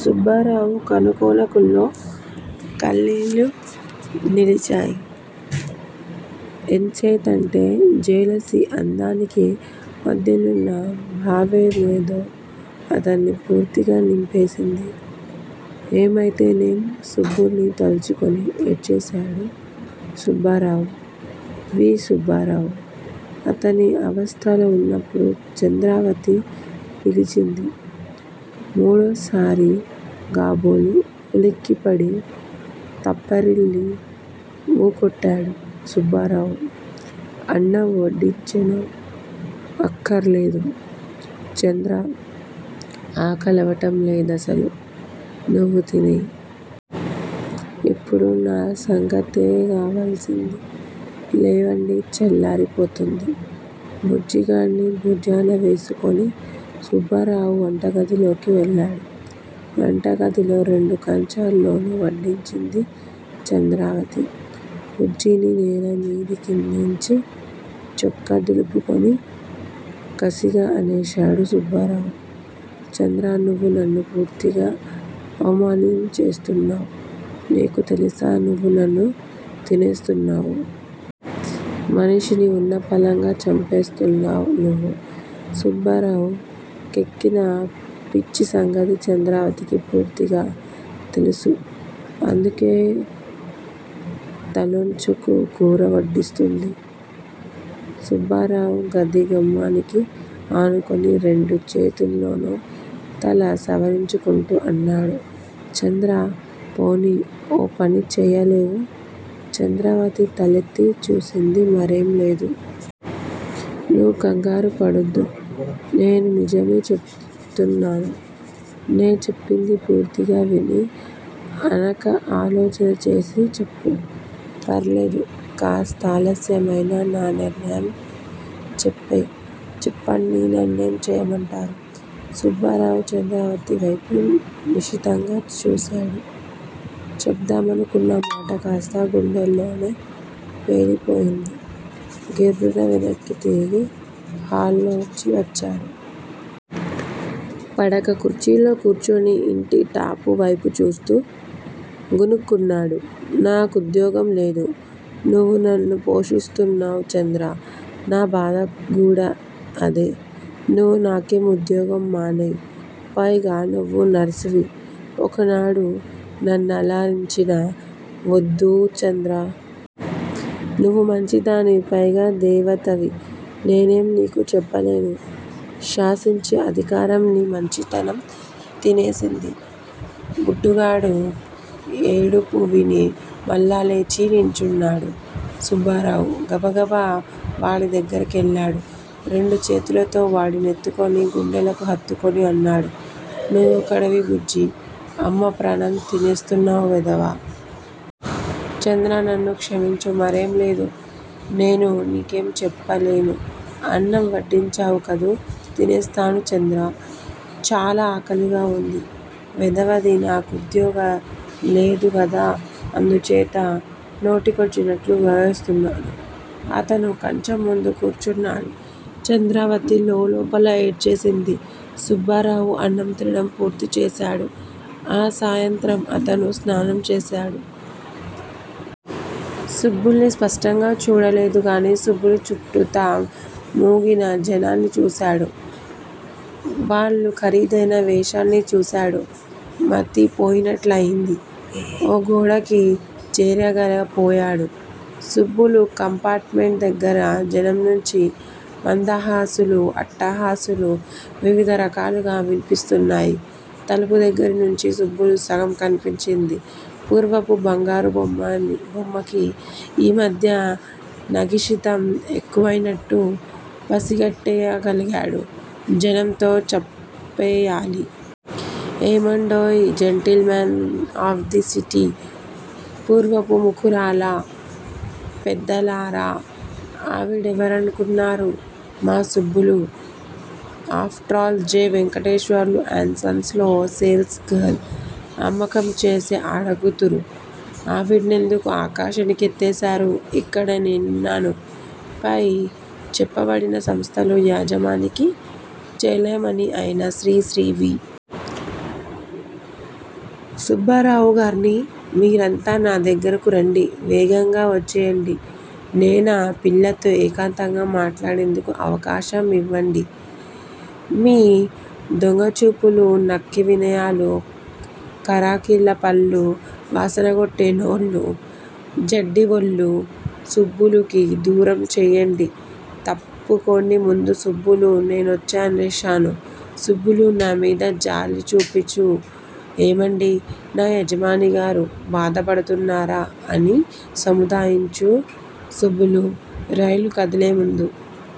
సుబ్బారావు కనుకొలకుల్లో కనీళ్ళునిలిచేయి! ఎంచేతంటే జెలసీ, అందానికి మధ్యనున్న భా వేమేదో అతన్ని పూర్తిగా నింపేసింది. ఏమైతేనేం సుబ్బుల్ని తలుచుకుని ఏడ్చేసేడు సుబ్బారావు, వి. సుబ్బారావు. అతనీ అవస్థలో ఉన్నప్పుడు చంద్రావతి పిలిచింది. మూడోసారిగాబోలు ఉలిక్కిపడి, తెప్పరిల్లి వూకొట్టేడు సుబ్బారావు. అన్నం వొడ్డించేను. అఖ్ఖర్లేదు, చంద్రా! ఆకలవడంలేదసల నువ్వు తినేయ్. ఇప్పుడు నా సంగతేగావల్సొంది. లేవండి చల్లారి పోతుంది. బుజ్జిగాడ్ని భూజానవేసుకుని సుబ్బారావు వంటగదిలోకి వెళ్ళేడు. వంటగదిలో రెండు కంచాల్లోనూ వొడ్డించింది చంద్రావతి. బుజ్జిని నేలమిదికిందించి, చొక్కా దులుపుకుని కసిగా అనేశాడు సుబ్బారావు. చంద్రా నువ్వు నన్ను పూర్తిగా అవమానించేస్తున్నావ్. నీకు తెలుసా నువ్వు నన్ను తినేస్తున్నావు. మనిషి ని వున్నపళంగా చంపేస్తున్నావ్ నువ్వు. సుబ్బారావు కెక్కిన పిచ్చిసంగతి చంద్రావతికి పూర్తిగా తెలుసు. అందుకే తలొంచుకు కూర వొడ్డిస్తోంది. సుబ్బారావు గది గుమ్మానికి ఆనుకుని రెండు చేతుల్తోనూ తల సవరించుకుంటూ అన్నాడు! చంద్రా! పోనీ ఓపని చేయలేవూ? చంద్రావతి తలెత్తి చూసింది. మరేం లేదు. నువ్వు ఖంగారు పడొద్దు. నేను నిజమే చెప్తున్నాను. నే చెప్పింది పూర్తిగా విని ఆనక ఆలోచన చేసి చెప్పు. ఫర్లేదు కాస్తాలస్యమైనా నా నిర్ణయం చెప్పేయ్. చెప్పండి నన్నేం చేయమంటారు? సుబ్బారావు చంద్రావతి వైపు నిశితంగా చూసేడు. చెప్దామనుకున్న మాటకాస్తా గుండెల్లోనే పేలిపోయింది. గిర్రున వెనక్కి తిరిగి హాల్లోచి వచ్చేడు. పడక కుర్చీలో కూర్చుని యింటి టాపు వేపు చూస్తూ గొణుక్కున్నాడు. నా కుద్యోగం లేదు. నువ్వు నన్ను పోషించేస్తు న్నావు చంద్రా! నా బాధ గూడా అదే. నువ్వు నాకేం ఉద్యోగం మానేయ్. పైగా నువ్వు నర్సువి. ఒక నాడు నన్నల రించిన వొద్దు చంద్రా! నువ్వు మంచి దానివి పైగా దేవతవి. నేనేం నీకు చెప్పలేను. శాసించే అధికారం నీ మంచి తనం తినేసింది.! బుడ్డుగాడి యేడుపు విని మళ్ళా లేచి నించున్నాడు సుబ్బారావు. గబగబా వాడిదగ్గరికెళ్ళాడు. రెండు చేతులతో వాడి నెత్తుకుని గుండెలకు హత్తుకుని అన్నాడు. నువ్వొకడివి బుజ్జీ! అమ్మప్రాణం తినేస్తున్నావ్ వెధవ! చంద్రా నన్ను క్షమించు. మరేంలేదు నేను నీకేం చెప్పలేను. అన్నం వడ్డించావుకదూ, తినేస్తాను చంద్రా. చాలా ఆకలిగావుంది. వెధవది నాకుఉద్యోగ లేదుగదూ అందుచేత నోటికొచ్చినట్లు వాగేస్తున్నాను. అతను కంచంముందు కూర్చున్నాడు, చంద్రావతి లోలోపల ఏడ్చేసింది. సుబ్బారావు అన్నంతినడం పూర్తి చేసేడు. ఆ సాయంత్రం అతను స్నానంచేసేడు. సుబ్బుల్ని స్పష్టంగా చూడలేదుగాని సుబ్బులు చుట్టూతా మూగిన జనాన్ని చూసేడు. వాళ్ళ ఖరిదైన వేషాల్ని చూసేడు. మతిపోయినట్లయింది. ఓగోడకి చేరగలపోయేడు. సుబ్బులు కంపార్టుమెంటుదగ్గిర జనంనుంచి మందహాసలూ, అట్టహాసలూ వివిథరకాలుగా వినిపిస్తున్నాయి. తలుపుదగ్గిర నుంచున్న సుబ్బులు సగం కనిపించింది. పూర్వపు బంగారుబొమ్మకి యి మధ్య నగిషీతం ఎక్కువైనట్టు పసిగట్టేయగలిగాడు, జనంతో చప్పేయాలి. ఏమండోయే! జెంటిల్మెన్ ఆఫ్ ది సిటీ పురప్రుముఖుల్లరా! పెద్దలారా! ఆవిడెవరనుకున్నరు? మాసుబ్బులు. After all J. Venkateswarlu and sons లో సేల్స్ గర్ల్. అమ్మకం చేసే ఆడకూతురు ఆవిడ్నెందుకు ఆకాశానికెత్తేస్తారు? ఇక్కడ నేనున్నాను. పై చెప్పబడిన సంస్థలో యజమానికి చెలామణి అయిన శ్రీ శ్రీ వి. సుబ్బారావుగార్ని. మిరంతా నాదగ్గరకు రండి. వేగంగా వొచ్చేయండి! నేనా. పిల్లతో ఏకాంతంగా మాట్లాడేందుకు అవకాశమివ్వండి:మి దొంగచూపులూ, నక్కవినయాలూ, కారాకిళ్ళీపళ్ళూ, వాసనగొట్టే నోళ్ళు, జడ్డి వొళ్ళూ సుబ్బులుకి దూరంచేయండి తప్పుకోండిముందు సుబ్బులూ నేనొచ్చేశాను. సుబ్బులూ, నామిద జాలిచూపించు. ఏమండీ! నా యజమానిగారూ! బాధపడుతున్నారా అని సముదాయించు సుబ్బూలూ. రైలు కదిలేముందు